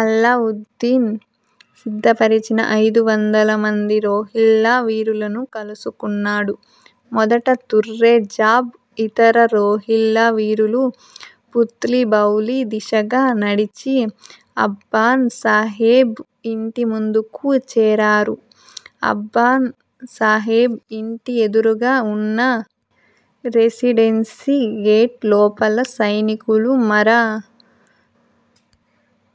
అల్లా ఉద్దీన్ సిద్ధపరచిన ఐదు వందల మంది రోహిల్లా వీరులను కలుసుకున్నాడు. మొదట తుర్రెజాబ్ ఇతర రోహిల్లా వీరులు పుత్లిబౌలీ దిశగా నడిచి అబ్బాన్ సాహెబ్ ఇంటి ముందుకు చేరారు. అబ్బాన్ సాహెబ్ ఇంటి ఎదురుగా ఉన్న రెసిడెన్సీ గేటు లోపల సైనికులు మర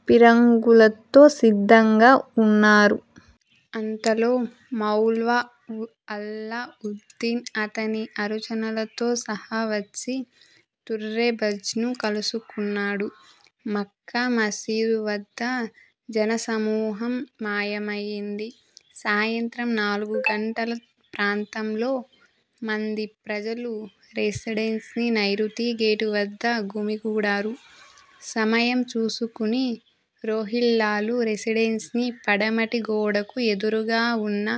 ఫిరంగులతో సిద్ధంగా ఉన్నారు. అంతలో మౌల్వ అల్లా ఉద్దీన్ అతని అనుచరులతో సహా వచ్చి తుర్రెబాజ్ను కలుసుకున్నాడు. మక్కా మసిదు వద్ద జనసమూహం మాయమైంది. సాయంత్రం నాలుగు గంటల ప్రాంతంలో మంది ప్రజలు రెసిడెన్సీ నైరుతి గేటు వద్ద గుమిగూడారు. సమయం చూసుకుని రోహిల్లాలు రెసిడెన్సీ పడమటి గోడకు ఎదురుగా ఉన్న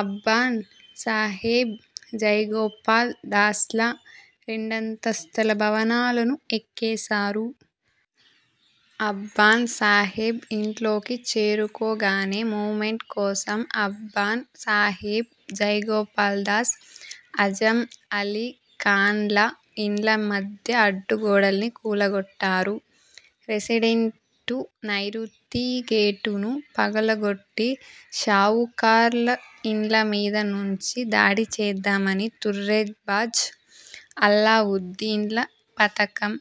అబ్బాన్ సాహెబ్, జైగోపాల్ దాస్ల రెండంతస్తుల భవనాలను ఎక్కేసారు. అబ్బాన్ సాహెబ్ ఇంట్లోకి చేరుకోగానే మూమెంట్ కోసం అబ్బాన్ సాహెబ్, జైగోపాల్ దాస్, ఆజం అలీ ఖాన్ల ఇండ్ల మధ్య అడ్డుగోడల్ని కూలగొట్టారు. రెసిడెంటు నైరుతి గేటును పగులగొట్టి షావుకార్ల ఇండ్ల మీద నుంచి దాడిచేద్దామని తుర్రెబాజ్, అల్లా ఉద్దీన్ల పథకం.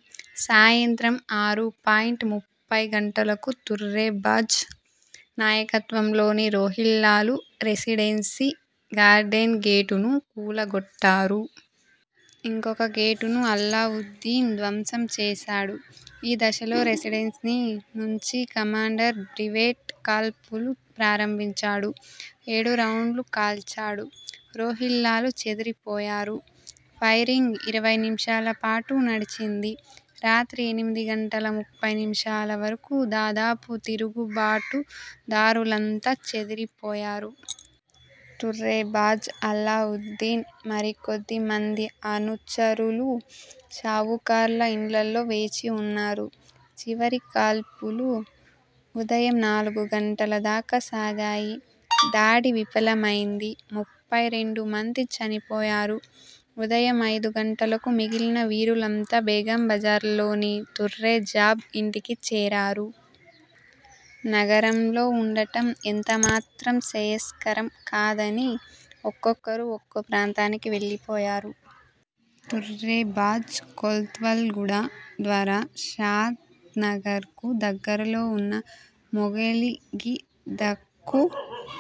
సాయంత్రం ఆరు పాయింట్ ముప్పై గంటలకు తుర్రెబాజ్ నాయకత్వంలోని రోహిల్లాలు రెసిడెన్సీ గార్డెన్ గేటును కూలగొట్టారు. ఇంకొక గేటును అల్లాఉద్దీన్ ధ్వంసం చేసాడు. ఈ దశలో రెసిడెన్సీ నుంచి కమాండర్ బ్రీవెట్ కాల్పులు ప్రారంభించాడు. ఏడు రౌండ్లు కాల్చాడు. రోహిల్లాలు చెదిరిపోయారు. ఫైరింగ్ ఇరవై నిమిషాల పాటు నడిచింది. రాత్రి ఎనిమిది గంటల ముప్పై నిమిషాల వరకు దాదాపు తిరుగుబాటు దారులంతా చెదిరిపోయారు. తుర్రెబాజ్, అల్లాఉద్దీన్ మరికొద్దిమంది అనుచరులు షావుకార్ల ఇండ్లల్లో వేచి ఉన్నారు. చివరి కాల్పులు ఉదయం నాలుగు గంటల దాకా సాగాయి. దాడి విఫలమైంది. ముప్పై రెండు మంది చనిపోయారు. ఉదయం ఐదు గంటలకు మిగిలిన వీరులంతా బేగంబజార్లోని తుర్రెజాబ్ ఇంటికి చేరారు. నగరంలో ఉండడం ఎంతమాత్రం శ్రేయస్కరం కాదని ఒక్కొక్కరు ఒక్కో ప్రాంతానికి వెళ్ళిపోయారు. తుర్రెబాజ్ కొత్వాల్గూడ ద్వారా షాద్ నగర్ కు దగ్గరలో ఉన్న మొగిలిగిద్దకు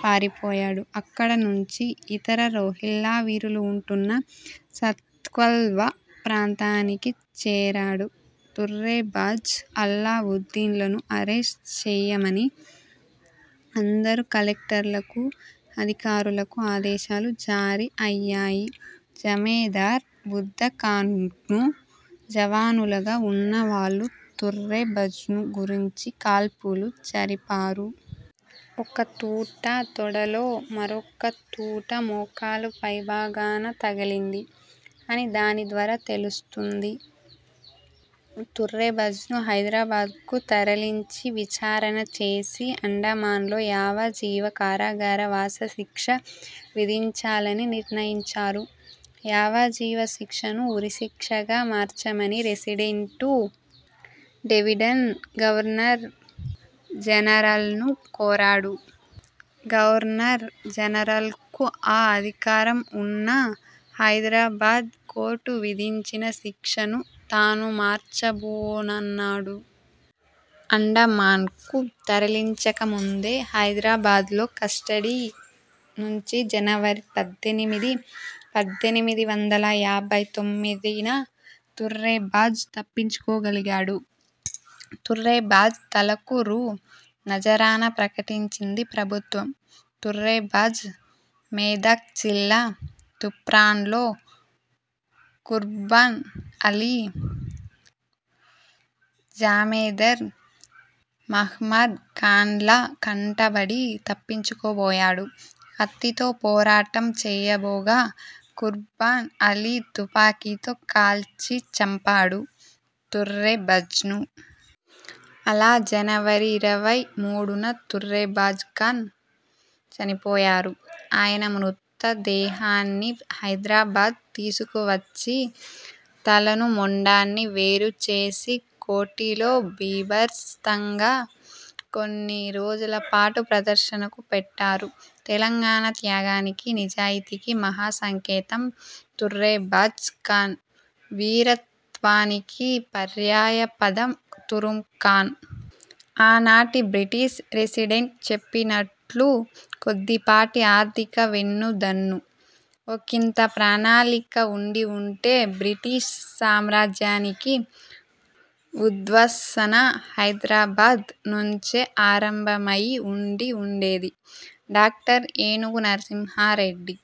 పారిపోయాడు. అక్కడి నుంచి ఇతర రోహిల్లా వీరులు ఉంటున్న సాత్కల్వ ప్రాంతానికి చేరాడు. తుర్రెబాజ్, అల్లా ఉద్దీన్లను అరెస్టు చేయమని అందరు కలెక్టర్లకు, అధికారులకు ఆదేశాలు జారీ అయ్యాయి. జమేదార్ బుద్దఖాన్కు జవానులుగా ఉన్నవాళ్ళు తుర్రెబాజ్ను గుర్తించి కాల్పులు జరిపారు. ఒక తూటా తొడలో, మరొక తూటా మోకాలు పైభాగాన తగిలింది. అని దాని ద్వారా తెలుస్తుంది. తుర్రెబాజ్ను హైదరాబాద్కు తరలించి విచారణ చేసి అండమాన్లో యావజ్జీవ కారాగార వాస శిక్ష విధించాలని నిర్ణయించారు. యావజ్జీవ శిక్షను ఉరిశిక్షగా మార్చమని రెసిడెంటు డేవిడ్న్ గవర్నర్ జనరల్ను కోరాడు. గవర్నర్ జనరల్కు ఆ అధికారం ఉన్నా హైదరాబాద్ కోర్టు విధించిన శిక్షను తాను మార్చబోనన్నాడు. అండమాన్కు తరలించక ముందు హైదరాబాద్లో కస్టడీ నుంచి జనవరి పద్దెనిమిది, పద్దెనిమిది వందల యాభై తొమ్మిదిన తుర్రెబాజ్ తప్పించుకోగలిగాడు. తుర్రెబాజ్ తలకు రూ. నజరానా ప్రకటించింది ప్రభుత్వం. తుర్రెబాజ్ మెదక్ జిల్లా తూప్రాన్లో ఖుర్బాన్ అలీ, జమేదార్ మహ్మద్ ఖాన్ల కంటబడి తప్పించుకోబోయాడు. కత్తితో పోరాటం చేయబోగా ఖుర్బాన్ అలీ తుపాకీతో కాల్చి చంపాడు తుర్రెబాజ్ను. అలా, జనవరి ఇరవై మూడున తుర్రెబాజ్ ఖాన్ చనిపోయారు. ఆయన మృతదేహాన్ని హైదరాబాద్ తీసుకువచ్చి తలను మొండాన్నీ వేరుచేసి కోఠీలో బీభత్సంగా కొన్ని రోజుల పాటు ప్రదర్శనకు పెట్టారు. తెలంగాణ త్యాగానికి, నిజాయితీకి మహా సంకేతం తుర్రెబాజ్ ఖాన్. వీరత్వానికి పర్యాయపదం తురుంఖాన్. ఆనాటి బ్రిటిష్ రెసిడెంట్ చెప్పినట్లు కొద్దిపాటి ఆర్థిక వెన్నుదన్ను, ఒకింత ప్రణాళిక ఉండి ఉంటే బ్రిటిష్ సామ్రాజ్యానికి ఉద్వాసన హైదరాబాద్ నుంచే ఆరంభమయి ఉండి ఉండేది. డాక్టర్ ఏనుగు నరసింహారెడ్డి